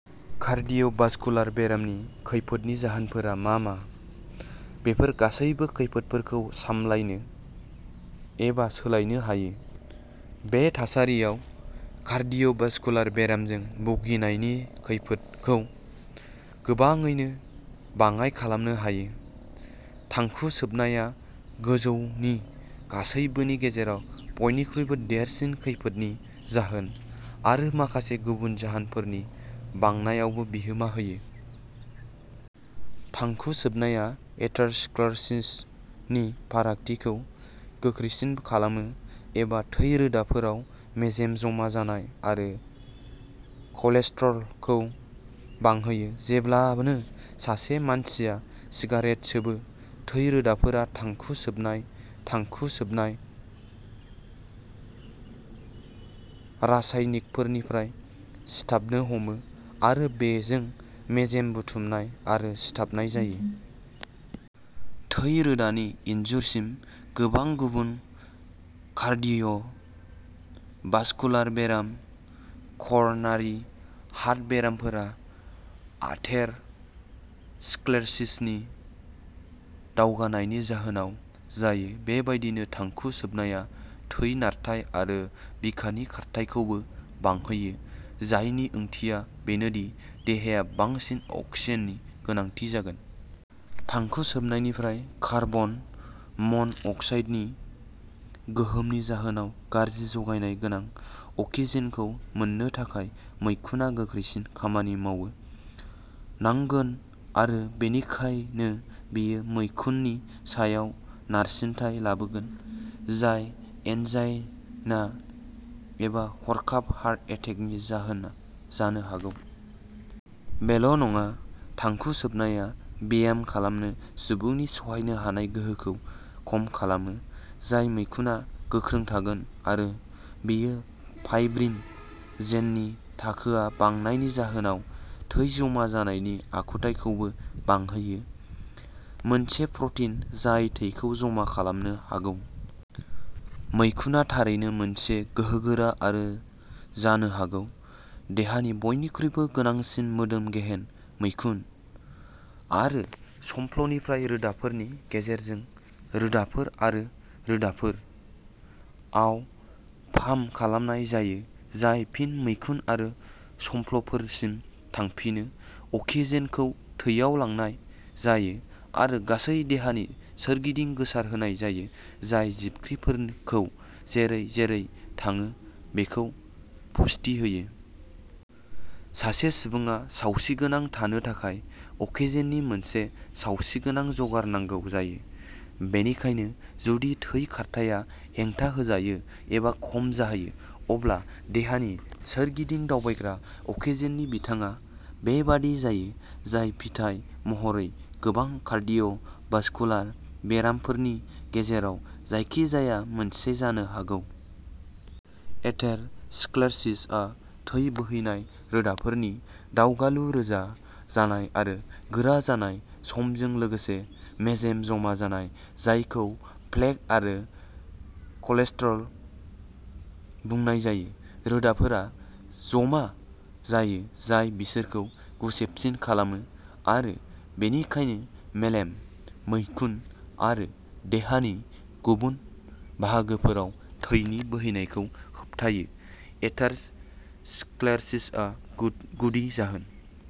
Cardiovascular बेरामनि खैफोदनि जाहोनफोरा मा मा? बेफोर गासैबो खैफोदफोरखौ सामलायनो एबा सोलायनो हायो, बे थासारियाव कार्डिय'भास्कुलार बेरामजों भुगिनायनि खैफोदखौ गोबाङैनो बाङाय खालामनो हायो। थांखु सोबनाया गोजौनि गासैबोनि गेजेराव बयनिख्रुइबो देरसिन खैफोदनि जाहोन आरो माखासे गुबुन जाहोनफोरनि बांनायावबो बिहोमा होयो। थांखु सोबनाया एथेर'स्क्लेर'सिसनि फारिखान्थिखौ गोख्रैसिन खालामो, एबा थै रोदाफोराव मेजेम जमा जानाय आरो कलेस्ट्रलखौ बांहोयो। जेब्लानो सासे मानसिया सिगारेट सोबो, थै रोदाफोरा थांखु सोबनाय थांखु सोबनाय रासायनिकफोरनिफ्राय सिथाबनो हमो आरो बेजों मेजेम बुथुमनाय आरो सिथाबनाय जायो। थै रोदानि इन्जुरसिम। गोबां गुबुन कार्डिय "भास्कुलार बेराम आरो कर" नारि हार्ट बेरामफोरा आथेर "स्क्लेरसिसनि दावगानायनि जाहोनाव जायो। बेबायदिनो थांखु सोबनाया थै नारथाय आरो बिखानि खारथाइखौबो बांहोयो जायनि ओंथिया बेनोदि देहाया बांसिन अक्सिजेननि गोनांथि जागोन। थांखु सोबनायनिफ्राय कार्बन मन" अक्साइडनि गोहोमनि जाहोनाव गाज्रि जगायनाय गोनां अक्सिजेनखौ मोननो थाखाय मैखुना गोख्रैसिन खामानि मावनो नांगोन आरो बेनिखायनो बेयो मैखुननि सायाव नारसिनथाय लाबोगोन, जाय एन्जाइना एबा हरखाब हार्ट एटेकनि जाहोन जानो हागौ। बेल "नङा, थांखु सोबनाया ब्याम खालामनो सुबुंनि सहायनो हानाय गोहोखौ खम खालामो, जाय मैखुना गोख्रों थागोन आरो बेयो फाइब्रिन" जेननि थाखोआ बांनायनि जाहोनाव थै जमा जानायनि आखुथायखौबो बांहोयो, मोनसे प्रटिन जाय थैखौ जमा खालामनो हागौ। मैखुना थारैनो मोनसे गोहोगोरा आरो जानो हागौ देहानि बयनिख्रुइबो गोनांसिन मोदोम गेहेन। मैखुन आरो संफ्लनिफ्राय रोदाफोरनि गेजेरजों रोदाफोर आरो रोदाफोर आव पाम्प खालामनाय जायो, जाय फिन मैखुन आरो संफ्लफोरसिम थांफिनो। अक्सिजेनखौ थैयाव लांनाय जायो आरो गासै देहानि सोरगिदिं गोसारहोनाय जायो, जाय जिबख्रिफोरखौ जेरै-जेरै थाङो बेखौ पुष्टि होयो। सासे सुबुङा सावस्रिगोनां थानो थाखाय अक्सिजेननि मोनसे सावस्रिगोनां जगार नांगौ जायो। बेनिखायनो जुदि थै खारथाया हेंथाहोजायो एबा खम जायो, अब्ला देहानि सोरगिदिं दावबायग्रा अक्सिजेननि बिबाङा बेबादि जायो, जायनि फिथाय महरै गोबां कार्डिय'वास्कुलार बेरामफोरनि गेजेराव जायखिजाया मोनसे जानो हागौ। एथेर'स्क्लेर'सिसआ थै बोहैनाय रोदाफोरनि दावगालु रोजा जानाय आरो गोरा जानाय। समजों लोगोसे, मेजेम जमा जानाय, जायखौ प्लेक आरो कलेस्ट्रल बुंनाय जायो, रोदाफोराव जमा जायो, जाय बिसोरखौ गुसेबसिन खालामो आरो बेनिखायनो मेलेम, मैखुन आरो देहानि गुबुन बाहागोफोराव थैनि बोहैनायखौ होबथायो। एथेर'स्क्लेर'सिसआ गुदि जाहोन।